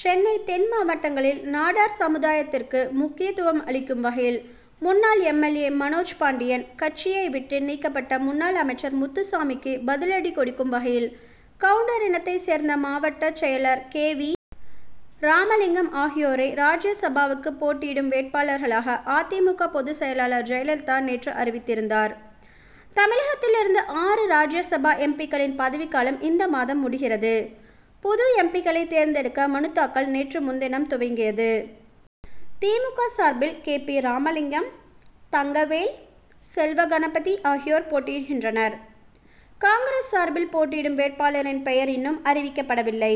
சென்னை தென் மாவட்டங்களில் நாடார் சமுதாயத்திற்கு முக்கியத்துவம் அளிக்கும் வகையில், முன்னாள் M. L. A., Manoj Pandian, கட்சியை விட்டு நீக்கப் பட்ட முன்னாள் அமைச்சர் முத்துசாமிக்கு பதிலடி கொடுக் கும் வகையில், கவுண்டர் இனத் தைச் சேர்ந்த மாவட்டச் செயலர் கே. வி. ராமலிங்கம் ஆகியோரை ராஜ்யசபாவுக்கு போட்டியிடும் வேட்பாளர்களாக அ. தி. மு. க., பொதுச்செயலர் ஜெயலலிதா நேற்று அறிவித்தார். தமிழகத்திலிருந்து ஆறு ராஜ்யசபா எம். பி.,க்களின் பதவிக்காலம் இந்த மாதம் முடிகிறது. புது எம். பி.,க்களை தேர்ந்தெடுக்க மனு தாக்கல் நேற்று முன்தினம் துவங்கியது. தி. மு. க., சார்பில் கே. பி. ராமலிங்கம், தங்கவேல், செல்வகணபதி ஆகியோர் போட்டியிடுகின்றனர். காங்கிரஸ் சார்பில் போட்டியிடும் வேட்பாளரின் பெயர் இன் னும் அறிவிக்கப்படவில்லை.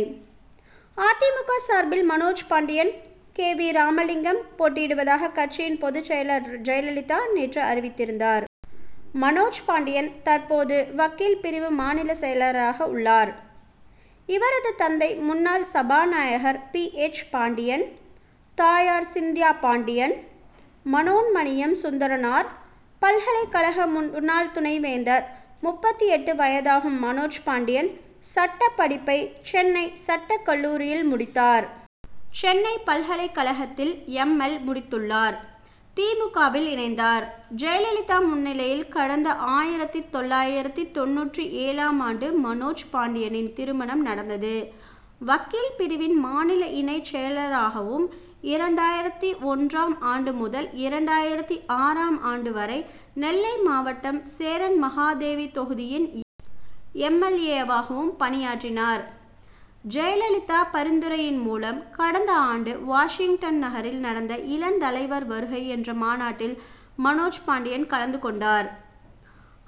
அ. தி. மு. க., சார் பில் மனோஜ்பாண்டியன், கே. வி. ராமலிங்கம் போட்டியிடுவதாக கட்சியின் பொதுச்செயலர் ஜெயலலிதா நேற்று அறிவித்தார். மனோஜ் பாண்டியன் தற்போது வக்கீல் பிரிவு மாநில செயலராக உள்ளார். இவரது தந்தை முன்னாள் சபாநாயகர் பி. எச். பாண்டியன். தாயார் சிந்தியா பாண்டியன், மனோன்மணியம் சுந்தரனார் பல்கலைக் கழக முன்னாள் துணைவேந்தர். முப்பத்து எட்டு வயதாகும் மனோஜ் பாண்டியன், சட்டப் படிப்பை சென்னை சட்டக் கல்லூரியில் முடித்தார். சென்னை பல்கலைக் கழகத்தில் எம். எல்., முடித்துள் ளார். தி. மு. க., வில் இணைந்தார். ஜெயலலிதா முன்னிலையில் கடந்த ஆயிரத்து தொள்ளாயிரத்து தொண்ணூற்று ஏழாம் ஆண்டு மனோஜ் பாண்டியனின் திருமணம் நடந்தது. வக்கீல் பிரிவின் மாநில இணைச் செயலராகவும், இரண்டாயிரத்து ஒன்றாம் ஆண்டு முதல் இரண்டாயிரத்து ஆறாம் ஆண்டு வரை நெல்லை மாவட்டம் சேரன்மகாதேவி தொகுதியின் எம். எல். ஏ.,வாகவும் பணியாற்றினார். ஜெயலலிதா பரிந்துரையின் மூலம் கடந்த ஆண்டு வாஷிங்டன் நகரில் நடந்த, "இளந்தலைவர் வருகை' என்ற மாநாட்டில் மனோஜ் பாண்டியன் கலந்து கொண்டார்.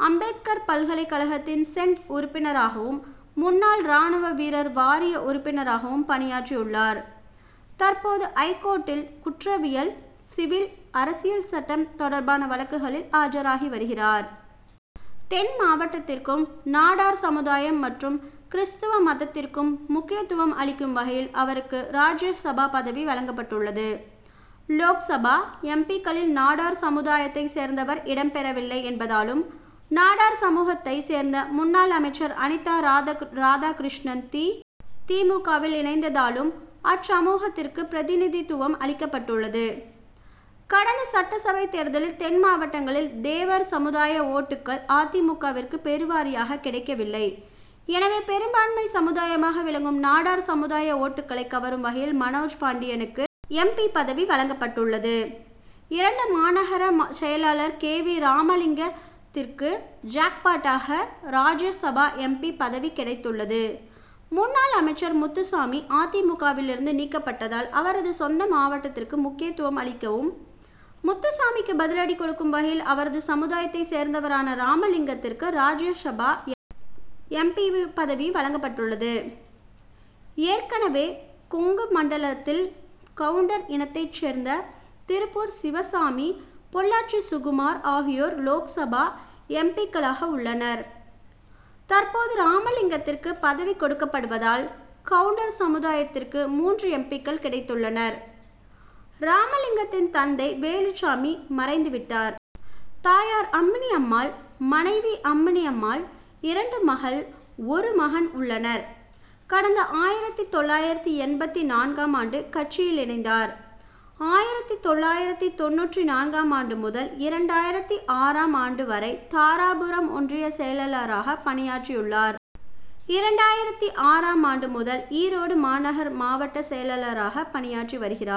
அம்பேத்கர் பல்கலைக் கழகத்தின் செனட் உறுப்பினராகவும், முன்னாள் ராணுவ வீரர் வாரிய உறுப்பினராகவும் பணியாற்றியுள்ளார். தற்போது, ஐகோர்ட் டில் குற்றவியல், சிவில், அரசியல் சட்டம் தொடர் பான வழக்குகளில் ஆஜராகி வருகிறார். தென் மாவட்டத்திற்கும், நாடார் சமுதாயம் மற் றும் கிறிஸ்தவ மதத் திற்கு முக்கியத்துவம் அளிக்கும் வகையில் அவருக்கு ராஜ்யசபா பதவி வழங்கப்பட்டுள்ளது. லோக்சபா எம். பி.,க்களில் நாடார் சமுதாயத்தை சேர்ந்தவர் இடம் பெறவில்லை என்பதாலும், நாடார் சமூகத்தை சேர்ந்த முன்னாள் அமைச்சர் அனிதா ராதாகிருஷ்ணன், தி. மு. க.,வில் இணைந்ததாலும் அச்சமூகத்திற்கு பிரதிநிதித்துவம் அளிக்கப்பட்டுள்ளது. கடந்த சட்டசபை தேர்தலில் தென் மாவட்டங்களில் தேவர் சமுதாய ஓட் டுக்கள் அ. தி. மு. க.,விற்கு பெருவாரியாக கிடைக்கவில்லை. எனவே, பெரும் பான்மை சமுதாயமாக விளங்கும் நாடார் சமுதாய ஓட் டுக்களை கவரும் வகையில் மனோஜ் பாண்டியனுக்கு எம். பி., பதவி வழங் கப்பட்டுள்ளது. ஈரோடு மாநகர் மாவட்டச் செயலர் K. We. ராமலிங்கத் திற்கு ஜாக்பாட்டாக Rajya Sabha M. B., பதவி கிடைத் துள்ளது. முன்னாள் அமைச்சர் முத்துசாமி அ. தி. மு. க.,விலிருந்து நீக்கப்பட்டதால் அவரது சொந்த மாவட்டத்திற்கு முக்கியத்துவம் அளிக்கவும், முத்துசாமிக்கு பதிலடி கொடுக்கும் வகையிலும் அவரது சமுதாயத்தைச் சேர்ந்தவரான ராமலிங்கத்திற்கு ராஜ்யசபா எம். பி., பதவி வழங்கப்பட்டுள்ளது. ஏற்கனவே, கொங்கு மண்டலத்தில் கவுண்டர் இனத்தைச் சேர்ந்த திருப்பூர் சிவசாமி, பொள்ளாச்சி சுகுமார் ஆகியோர் லோக்சபா எம். பி.,க் களாக உள்ளனர். தற்போது ராமலிங்கத்திற்கு பதவி கொடுக் கப்படுவதால் கவுண்டர் சமுதாயத்திற்கு மூன்று எம். பி.,க்கள் கிடைத்துள்ளனர். ராமலிங்கத்தின் தந்தை வேலுச் சாமி மறைந்து விட்டார். தாயார் அம்மினி அம்மாள். மனைவி அம்மனி அம்மாள். இரண்டு மகள், ஒரு மகன் உள்ளனர். கடந்த ஆயிரத்து தொள்ளாயிரத்து எண்பத்து நான்காம் ஆண்டு கட்சியில் இணைந்தார். ஆயிரத்து தொள்ளாயிரத்து தொண்ணூற்று நான்காம் ஆண்டு முதல் இரண்டாயிரத்து ஆறாம் ஆண்டு வரை தாராபுரம் ஒன்றிய செயலராக பணியாற்றியுள்ளார். இரண்டாயிரத்து ஆறாம் ஆண்டு முதல் ஈரோடு மாநகர் மாவட்டச் செயலராக பணியாற்றி வருகிறா.